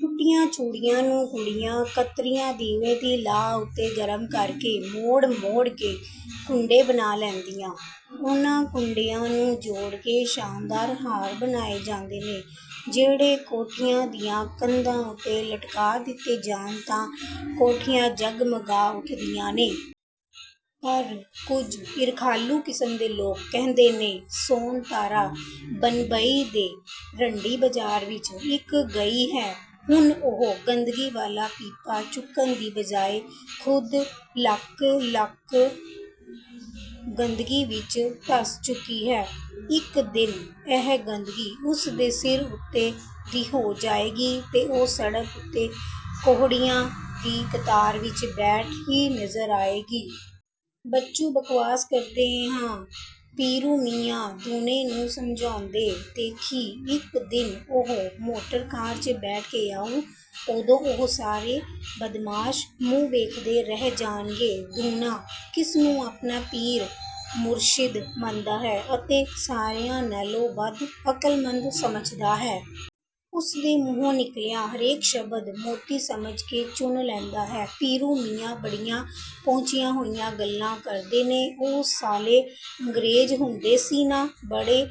ਟੁੱਟੀਆਂ ਚੂੜੀਆਂ ਨੂੰ ਕੁੜੀਆਂ-ਕਤਰੀਆਂ ਦੀਵੇ ਦੀ ਲਾਅ ਉੱਤੇ ਗਰਮ ਕਰਕੇ, ਮੋੜ-ਮੋੜ ਕੇ ਕੁੰਡੇ ਬਣਾ ਲੈਂਦੀਆਂ। ਉਹਨਾਂ ਕੁੰਡਿਆਂ ਨੂੰ ਜੋੜ ਕੇ ਸ਼ਾਨਦਾਰ ਹਾਰ ਬਣਾਏ ਜਾਂਦੇ ਨੇ, ਜਿਹੜੇ ਕੋਠੀਆਂ ਦੀਆਂ ਕੰਧਾਂ ਉੱਤੇ ਲਟਕਾ ਦਿੱਤੇ ਜਾਣ ਤਾਂ ਕੋਠੀਆਂ ਜਗਮਗਾ ਉੱਠਦੀਆਂ ਨੇ। ਪਰ ਕੁਝ ਈਰਖਾਲੂ ਕਿਸਮ ਦੇ ਲੋਕ ਕਹਿੰਦੇ ਨੇ, ਸੋਨਤਾਰਾ ਬੰਬਈ ਦੇ ਰੰਡੀ-ਬਾਜ਼ਾਰ ਵਿੱਚ ਵਿਕ ਗਈ ਹੈ। ਹੁਣ ਉਹ ਗੰਦਗੀ ਵਾਲਾ ਪੀਪਾ ਚੁੱਕਣ ਦੀ ਬਜਾਏ ਖੁਦ ਲੱਕ-ਲੱਕ ਗੰਦਗੀ ਵਿੱਚ ਧਸ ਚੁੱਕੀ ਹੈ। ਇੱਕ ਦਿਨ ਇਹ ਗੰਦਗੀ ਉਸਦੇ ਸਿਰ ਉੱਤੋਂ ਦੀ ਹੋ ਜਾਏਗੀ ਤੇ ਉਹ ਸੜਕ ਉੱਤੇ ਕੋਹੜੀਆਂ ਦੀ ਕਤਾਰ ਵਿੱਚ ਬੈਠੀ ਨਜ਼ਰ ਆਏਗੀ। "ਬੱਚੂ, ਬਕਵਾਸ ਕਰਦੇ ਆ," ਪੀਰੂ ਮੀਆਂ ਦੂਣੇ ਨੂੰ ਸਮਝਾਉਂਦੇ, "ਦੇਖੀਂ ਇੱਕ ਦਿਨ ਉਹ ਮੋਟਰਕਾਰ 'ਚ ਬੈਠ ਕੇ ਆਊ, ਉਦੋਂ ਉਹ ਸਾਰੇ ਬਦਮਾਸ਼ ਮੂੰਹ ਵੇਖਦੇ ਰਹਿ ਜਾਣਗੇ।" ਦੂਣਾ ਉਸਨੂੰ ਆਪਣਾ ਪੀਰ-ਮੁਰਸ਼ਿਦ ਮੰਨਦਾ ਹੈ ਅਤੇ ਸਾਰਿਆਂ ਨਾਲੋਂ ਵੱਧ ਅਕਲਮੰਦ ਸਮਝਦਾ ਹੈ। ਉਸਦੇ ਮੂੰਹੋਂ ਨਿਕਲਿਆ ਹਰੇਕ ਸ਼ਬਦ ਮੋਤੀ ਸਮਝ ਕੇ ਚੁਣ ਲੈਂਦਾ ਹੈ। ਪੀਰੂ ਮੀਆਂ ਬੜੀਆਂ ਪਹੁੰਚੀਆਂ ਹੋਈਆਂ ਗੱਲਾਂ ਕਰਦੇ ਨੇ"ਉਹ ਸਾਲੇ ਅੰਗਰੇਜ਼ ਹੁੰਦੇ ਸੀ ਨਾ, ਬੜੇ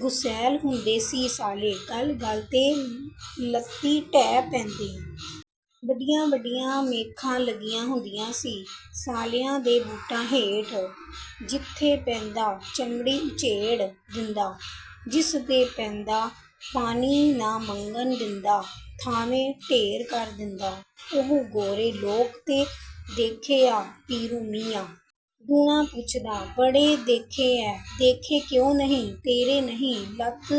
ਗੁਸੈਲ ਹੁੰਦੇ ਸੀ ਸਾਲੇ। ਗੱਲ-ਗੱਲ 'ਤੇ ਲੱਤੀਂ ਡਹਿ ਪੈਂਦੇ। ਵੱਡੀਆਂ-ਵੱਡੀਆਂ ਮੇਖਾਂ ਲੱਗੀਆਂ ਹੁੰਦੀਆਂ ਸੀ ਸਾਲਿਆਂ ਦੇ ਬੂਟਾਂ ਹੇਠ; ਜਿੱਥੇ ਪੈਂਦਾ, ਚਮੜੀ ਉਚੇੜ ਦਿੰਦਾ। ਜਿਸ ਦੇ ਪੈਂਦਾ, ਪਾਣੀ ਨਾ ਮੰਗਣ ਦਿੰਦਾ ਥਾਂਵੇਂ ਢੇਰ ਕਰ ਦਿੰਦਾ।" "ਉਹ ਗੋਰੇ ਲੋਕ ਤੈਂ ਦੇਖੇ ਆ ਪੀਰੂ ਮੀਆਂ?" ਦੂਣਾ ਪੁੱਛਦਾ। "ਬੜੇ ਦੇਖੇ ਐ। ਦੇਖੇ ਕਿਉਂ ਨਹੀਂ।" "ਤੇਰੇ ਨਹੀਂ ਲੱਤ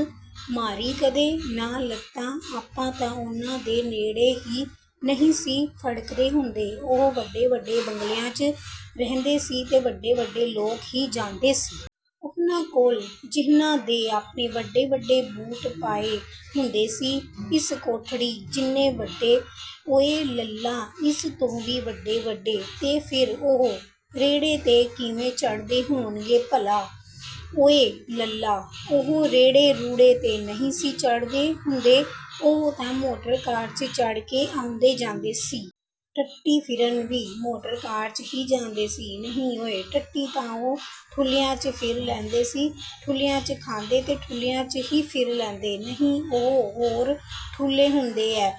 ਮਾਰੀ ਕਦੇ?" "ਨਾ ਲੱਲਾ, ਆਪਾਂ ਤਾਂ ਉਹਨਾਂ ਦੇ ਨੇੜੇ ਹੀ ਨਹੀਂ ਸੀ ਫੜਕਦੇ ਹੁੰਦੇ! ਉਹ ਵੱਡੇ-ਵੱਡੇ ਬੰਗਲਿਆਂ 'ਚ ਰਹਿੰਦੇ ਸੀ ਤੇ ਵੱਡੇ-ਵੱਡੇ ਲੋਕ ਹੀ ਜਾਂਦੇ ਸੀ। ਉਹਨਾਂ ਕੋਲ ਜਿਹਨਾਂ ਦੇ ਆਪਣੇ ਵੱਡੇ-ਵੱਡੇ ਬੂਟ ਪਾਏ ਹੁੰਦੇ ਸੀ।" "ਇਸ ਕੋਠੜੀ ਜਿੰਨੇ ਵੱਡੇ?" "ਓਏ ਲੱਲਾ, ਇਸ ਤੋਂ ਵੀ ਵੱਡੇ-ਵੱਡੇ।" "ਤੇ ਫਿਰ ਉਹ ਰੇੜ੍ਹੇ 'ਤੇ ਕਿਵੇਂ ਚੜ੍ਹਦੇ ਹੋਣਗੇ ਭਲਾ?" "ਓਇ ਲੱਲਾ, ਉਹ ਰੇੜ੍ਹੇ-ਰੂੜ੍ਹੇ 'ਤੇ ਨਹੀਂ ਸੀ ਚੜ੍ਹਦੇ ਹੁੰਦੇ ਉਹ ਤਾਂ ਮੋਟਰਕਾਰ 'ਚ ਚੜ੍ਹ ਕੇ ਆਉਂਦੇ-ਜਾਂਦੇ ਸੀ।" "ਟੱਟੀ ਫਿਰਨ ਵੀ ਮੋਟਰਕਾਰ 'ਚ ਹੀ ਜਾਂਦੇ ਸੀ?" "ਨਹੀਂ ਓਏ, ਟੱਟੀ ਤਾਂ ਉਹ ਠੁੱਲ੍ਹਿਆਂ 'ਚ ਫਿਰ ਲੈਂਦੇ ਸੀ" "ਠੁੱਲ੍ਹਿਆਂ 'ਚ ਖਾਂਦੇ ਤੇ ਠੁੱਲ੍ਹਿਆਂ 'ਚ ਹੀ ਫਿਰ ਲੈਂਦੇ?" "ਨਹੀਂ ਉਹ ਹੋਰ ਠੁੱਲ੍ਹੇ ਹੁੰਦੇ ਐ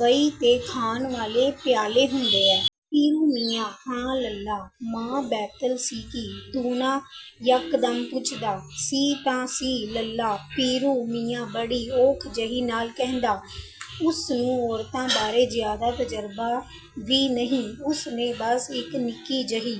ਬਈ ਤੇ ਖਾਣ ਵਾਲੇ ਪਿਆਲੇ ਹੁੰਦੇ ਐ।" "ਪੀਰੂ ਮੀਆਂ?" "ਹਾਂ ਲੱਲਾ।" "ਮਾਂ ਬੈਤਲ ਸੀ ਕਿ?" ਦੂਣਾ ਯੱਕਦਮ ਪੁੱਛਦਾ। "ਸੀ-ਤਾਂ-ਸੀ, ਲੱਲਾ।" ਪੀਰੂ ਮੀਆਂ ਬੜੀ ਔਖ ਜਿਹੀ ਨਾਲ ਕਹਿੰਦਾ। ਉਸਨੂੰ ਔਰਤਾਂ ਬਾਰੇ ਜ਼ਿਆਦਾ ਤਜ਼ਰਬਾ ਵੀ ਨਹੀਂ, ਉਸਨੇ ਬਸ ਇੱਕ ਨਿੱਕੀ ਜਿਹੀ।